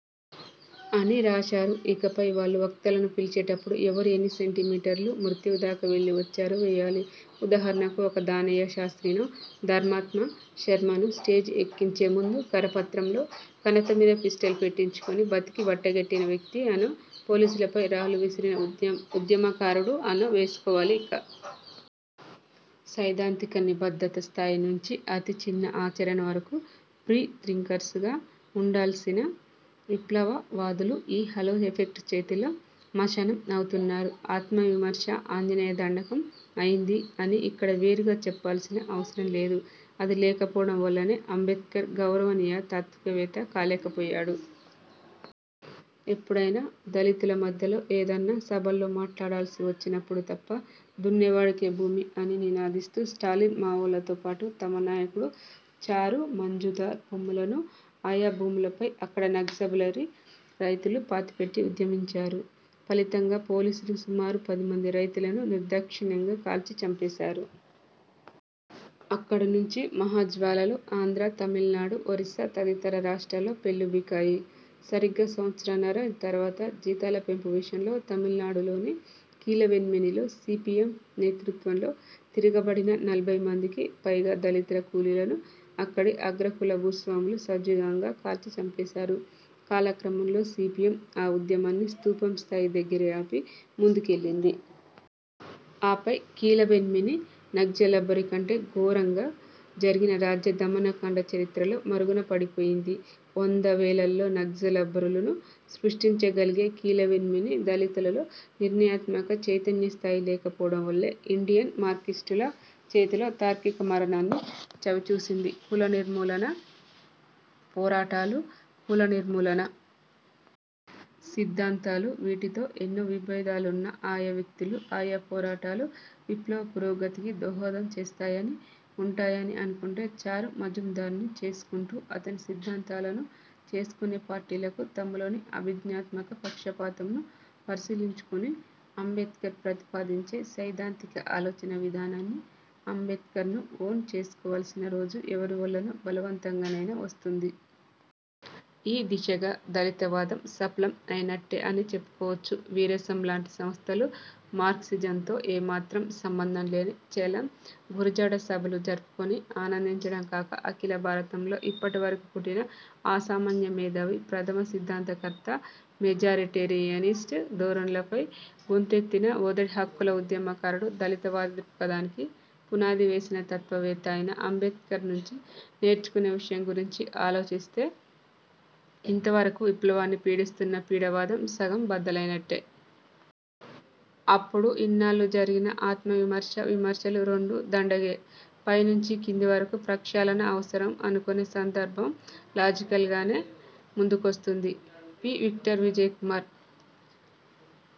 అని రాశారు. ఇకపై వాళ్ళు వక్తలను పిలిచేటప్పుడు, ఎవరు ఎన్ని సెంటిమీటర్లు మృత్యువు దాకా వెళ్ళి వచ్చారో వేయాలి. ఉదాహరణకు ఒక దానయ్య శాస్త్రినో, ధర్మాత్మ శర్మనో స్టేజ్ ఎక్కించే ముందు కరపత్రంలో ''కణత మీద పిస్టల్ పెట్టించుకుని బతికి బట్టగట్టిన వ్యక్తి'' అనో, ''పోలీసులపై రాళ్ళు విసిరిన ఉద్యమకారుడు'' అనో వేసుకోవాలి ఇక. సైద్ధాంతిక నిబద్ధత స్థాయి నుంచి, అతి చిన్న ఆచరణ వరకు 'ఫ్రీ థింకర్స్'గా ఉండాల్సిన విప్లవ వాదులు ఈ 'హాలో ఎఫెక్ట్' చేతిలో మశానం అవుతున్నారు. 'ఆత్మ విమర్శ' ఆంజనేయ దండకం అయ్యింది అని ఇక్కడ వేరుగా చెప్పాల్సిన అవసరం లేదు. అది లేకపోవడం వల్లనే అంబేడ్కర్ గౌరవనీయ తాత్వికవేత్త కాలేకపోయాడు. ఎప్పుడైనా దళితుల మధ్యలో ఏదన్నా సభల్లో మాట్లాడాల్సి వచ్చినప్పుడు తప్ప. 'దున్నేవాడికే భూమి' అని నినాదిస్తూ స్టాలిన్, మావోలతో పాటు తమ నాయకుడు చారు మజుందార్ బొమ్మలను ఆయా భూములపై అక్కడి నగ్జల్బరీ రైతులు పాతిపెట్టి ఉద్యమించారు.. ఫలితంగా పోలీసులు సుమారు పది మంది రైతులను నిర్దాక్షిణ్యంగా కాల్చి చంపేసారు. అక్కడి నుంచి మహా జ్వాలలు ఆంధ్ర, తమిళనాడు, ఒరిస్సా తదితర రాష్ట్రాల్లో పెల్లుబికాయి. సరిగ్గా సంవత్సరన్నర తర్వాత, జీతాల పెంపు విషయంలో తమిళనాడులోని కీలవేన్మణిలో సీపీఎం నేతృత్వంలో తిరగబడిన నలభై మందికి పైగా దళిత కూలీలను అక్కడి అగ్రకుల భూస్వాములు సజీవంగా కాల్చి చంపేసారు. కాలక్రమంలో సీపీఎం ఆ ఉద్యమాన్ని స్థూపం స్థాయి దగ్గరే ఆపి ముందుకెళ్ళింది. ఆపై కీలవేన్మణి, నగ్జల్బరీ కంటే ఘోరంగా జరిగిన రాజ్య దమనకాండ చరిత్రలో మరుగున పడిపోయింది. వంద, వేలల్లో నగ్జల్బరులను సృష్టించగలిగే కీలవేన్మణి, దళితులలో నిర్ణయాత్మక చైతన్య స్థాయి లేకపోవడం వల్ల, ఇండియన్ మార్క్సిస్టుల చేతిలో తార్కిక మరణాన్ని చవిచూసింది. కుల నిర్మూలనా పోరాటాలు, కుల నిర్మూలనా సిద్ధాంతాలు వీటితో ఎన్ని విభేదాలున్నా ఆయా వ్యక్తులు, ఆయా పోరాటాలు విప్లవ పురోగతికి దోహదం చేస్తాయనీ, ఉంటాయనీ అనుకుంటే, చారు మజుందార్ను '' చేసుకుంటూ అతని సిద్ధాంతాలను '' చేసుకునే పార్టీలకు, తమలోని అభిజ్ఞాత్మక పక్షపాతం ను పరిశీలించుకుని అంబేడ్కర్ ప్రతిపాదించే సైద్ధాంతిక ఆలోచన విధానాన్నీ, అంబేడ్కర్నూ 'ఓన్' చేసుకోవాల్సిన రోజు ఎవరి వల్లనో బలవంతంగానైనా వస్తుంది. ఈ దిశగా దళితవాదం సఫలం అయినట్టే అని చెప్పుకోవచ్చు. విరసం లాంటి సంస్థలు మార్క్సిజంతో ఏమాత్రం సంబంధం లేని చలం, గురజాడ సభలు జరుపుకుని ఆనందించడం కాక అఖిల భారతంలో ఇప్పటి వరకు పుట్టిన అసామాన్య మేధావి, ప్రథమ సిద్ధాంత కర్త, మెజారిటేరియనిస్ట్ ధోరణులపై గొంతెత్తిన మొదటి హక్కుల ఉద్యమకారుడు, దళితవాద దృక్పథానికి పునాదివేసిన తత్వవేత్త అయిన అంబేడ్కర్ నుంచి నేర్చుకునే విషయం గురించి ఆలోచిస్తే ఇంత వరకు విప్లవాన్ని పీడిస్తున్న పిడివాదం సగం బద్దలైనట్టే. అప్పుడు ఇన్నాళ్ళు జరిగిన ''ఆత్మ విమర్శ, విమర్శలు రెండూ దండగే, పై నుంచి కింద వరకు ప్రక్షాళన అవసరం'' అనుకునే సందర్భం లాజికల్ గానే ముందుకొస్తుంది. పి.విక్టర్ విజయ్ కుమార్